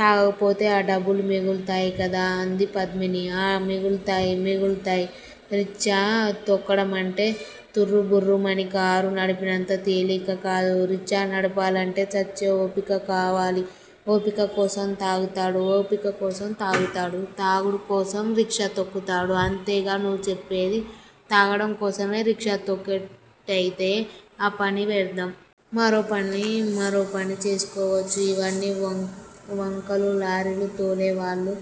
తాగకపోతే ఆ డబ్బులు మిగులుతాయికదా అంది పద్మిని. ఆ మిగులుతాయ్, మిగులుతాయ్! రిచ్చా తొక్కడమంటే తుర్రుబుర్రుమని కారు నడిపినంత తేలికకాదు. రిచ్చా నడపాలంటే చచ్చే ఓపిక కావాలి. ఓపిక కోసం తాగుతాడు. ఓపికకోసం తాగుతాడు__తాగుడుకోసం రిక్షా తొక్కుతాడు అంతేగా నువ్వు చెప్పేది! తాగడం కోసమే రిక్షా తొక్కేట్టయితే ఆ పని వ్యర్ధం. మరోపని మరోపని చేసుకోవచ్చు. ఇవన్నీ వంకలు లారీలు తోలేవాళ్ళు,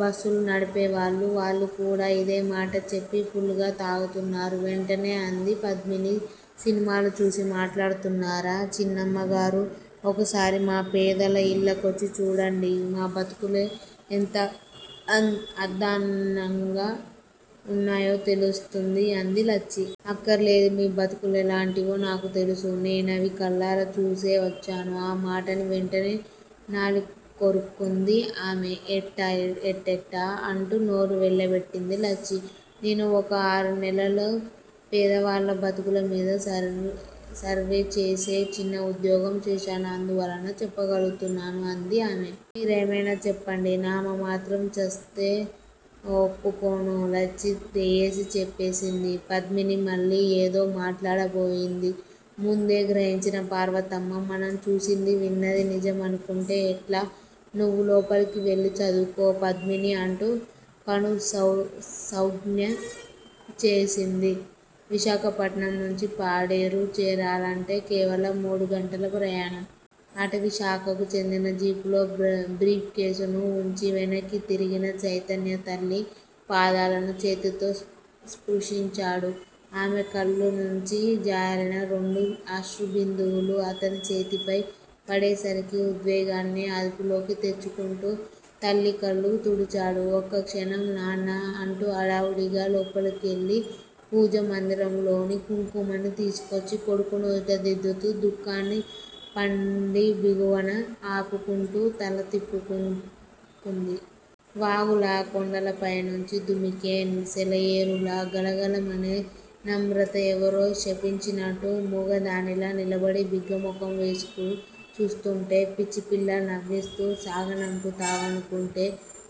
బస్సులు నడిపేవాళ్ళు వాళ్లుకూడా ఇదేమాట చెప్పి ఫుల్ గ తాగుతున్నారు వెంటనే అంది పద్మిని. చినిమాలు చూసి మాట్లాడుతున్నారా చిన్నమ్మగారూ! ఒకసారి మా పేదల యిళ్ళకొచ్చి చూడండి. మా బతుకులు ఎంత అద్దాన్నంగ ఉన్నాయో తెలుస్తుంది అంది లచ్చి. అక్కర్లేదు, మీ బతుకులెలాంటివో నాకు తెలుసు. నేనవి కళ్ళారా చూసే వచ్చాను ఆ మాటని వెంటనే నాలిక్కొరుక్కుంది ఆమె. ఎట్టా, ఎట్టెట్టా? అంటూ నోరు వెళ్ళబెట్టింది లచ్చి. నేను వక ఆరునెలలు పేదవాళ్ళ బతుకులమీద సర్వ్ చేసే చిన్న ఉద్యోగం చేశాను. అందువలన చెప్పగలుగుతున్నాను అంది ఆమె. మీరేమైనా చెప్పండి నామమాత్రం చస్తే వప్పుకొను లచ్చి తెగేసి చెప్పేసింది. పద్మిని మళ్ళీ యేదో మాటాడబోయింది. ముందే గ్రహించిన పార్వతమ్మ మనం చూసింది విన్నది నిజం అనుకుంటే ఎట్లా? నువ్వు లోపలికి వెళ్ళి చదువుకో పద్మినీ అంటూ కనుసౌంజ్ఞ చేసింది. విశాఖపట్నం నుంచి పాడేరు చేరాలంటే కేవలం మూడుగంటల ప్రయాణం. అటవీశాఖకు చెందిన జీపులో బ్రీప్ కేస్ ను వుంచి వెనక్కి తిరిగిన చైతన్య తల్లి పాదాలను చేతితో స్పృశించాడు. ఆమె కళ్ళు నుంచి జారిన రెండు అశ్రుబిందువులు అతని చేతిపై పడేసరికి ఉద్వేగాన్ని అదుపులోకి తెచ్చుకుంటూ తల్లి కళ్ళు తుడిచాడు. ఒక్కక్షణం, నాన్నా! అంటూ హడావుడిగా లోపలికివెళ్లి పూజా మందిరంలోని కుంకుమని తీసుకొచ్చి కొడుకు నుదుట దిద్దుతూ, దుఃఖాన్ని పంటిబిగువున ఆపుకుంటూ తల తిప్పుకుంది. వాగులా, కొండలపైనుంచి దుమికే సెలయేరులా గలగలమనే నమ్రత ఎవరో శపించినట్టూ మూగదానిలా నిలబడి బిక్కమొగం వేసుకు చూస్తూంటే పిచ్చిపిల్లా! నవ్విస్తూ సాగనంపుతావనుకుంటే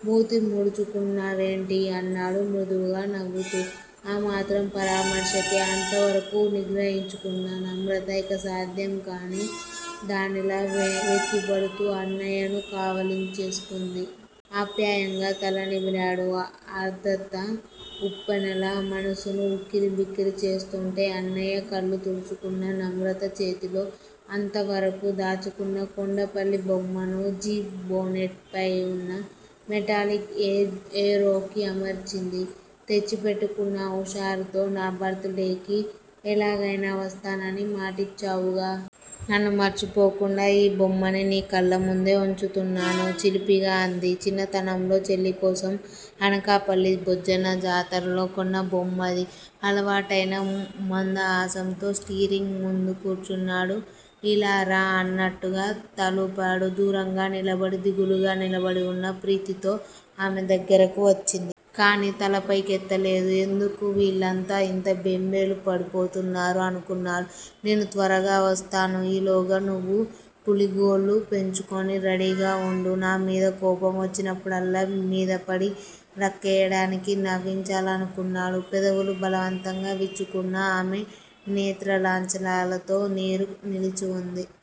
మూతి ముడుచుక్కూచున్నావేంటి? అన్నాడు మృదువుగా నవ్వుతూ. ఆమాత్రం పరామర్శకే అంతవరకూ నిగ్రహించుకున్న నమ్రత ఇక సాధ్యం కాని దానిలా వెక్కిపడుతూ అన్నయ్యను కావలించేసుకుంది. ఆప్యాయంగా తల నిమిరాడు. ఆర్ద్రత ఉప్పెనలా మనసును ఉక్కిరి బిక్కిరి చేస్తుంటే. అన్నయ్యా! కళ్ళు తుడుచుకున్న నమ్రత చేతిలో అంత వరకూ దాచుకున్న కొండపల్లి బొమ్మను జీప్ భోనెట్ పై వున్న మెటాలిక్ ఏరోకి అమర్చింది. తెచ్చి పెట్టుకున్న హుషారుతో_ నా బర్త్ డేకి ఎలాగయినా వస్తానని మాటిచ్చావుగా. నన్ను మర్చిపోకుండా ఈ బొమ్మని నీ కళ్ళముందే ఉంచుతున్నాను చిలిపిగా అంది. చిన్నతనంలో చెల్లికోసం అనకాపల్లి బొజ్జన్న జాతరలో కొన్న బొమ్మది. అలవాటైన మందహాసంతో స్టీరింగ్ ముందు కూచున్నాడు. ఇలా రా అన్నట్టుగా తలూపాడు. దూరంగా నిలబడి దిగులుగా నిలబడివున్న ప్రీతితో. ఆమె దగ్గరకు వచ్చింది. కాని, తలపై కెత్తలేదు. ఎందుకు వీళ్ళంతా ఇంత బెంబేలు పడిపోతున్నారు అనుకున్నాడు. నేను త్వరగా వస్తాను. ఈలోగా నువ్వు పులి గోళ్ళు పెంచుకుని రడీగా ఉండు. నామీద కోపం వచ్చినప్పుడల్లా మీదపడి రక్కెయ్యడానికి నవ్వించాలనుకున్నాడు. పెదవులు బలవంతంగా విచ్చుకున్నా, ఆమె నేత్రాలంచలాలతో నీరు నిలిచి ఉంది.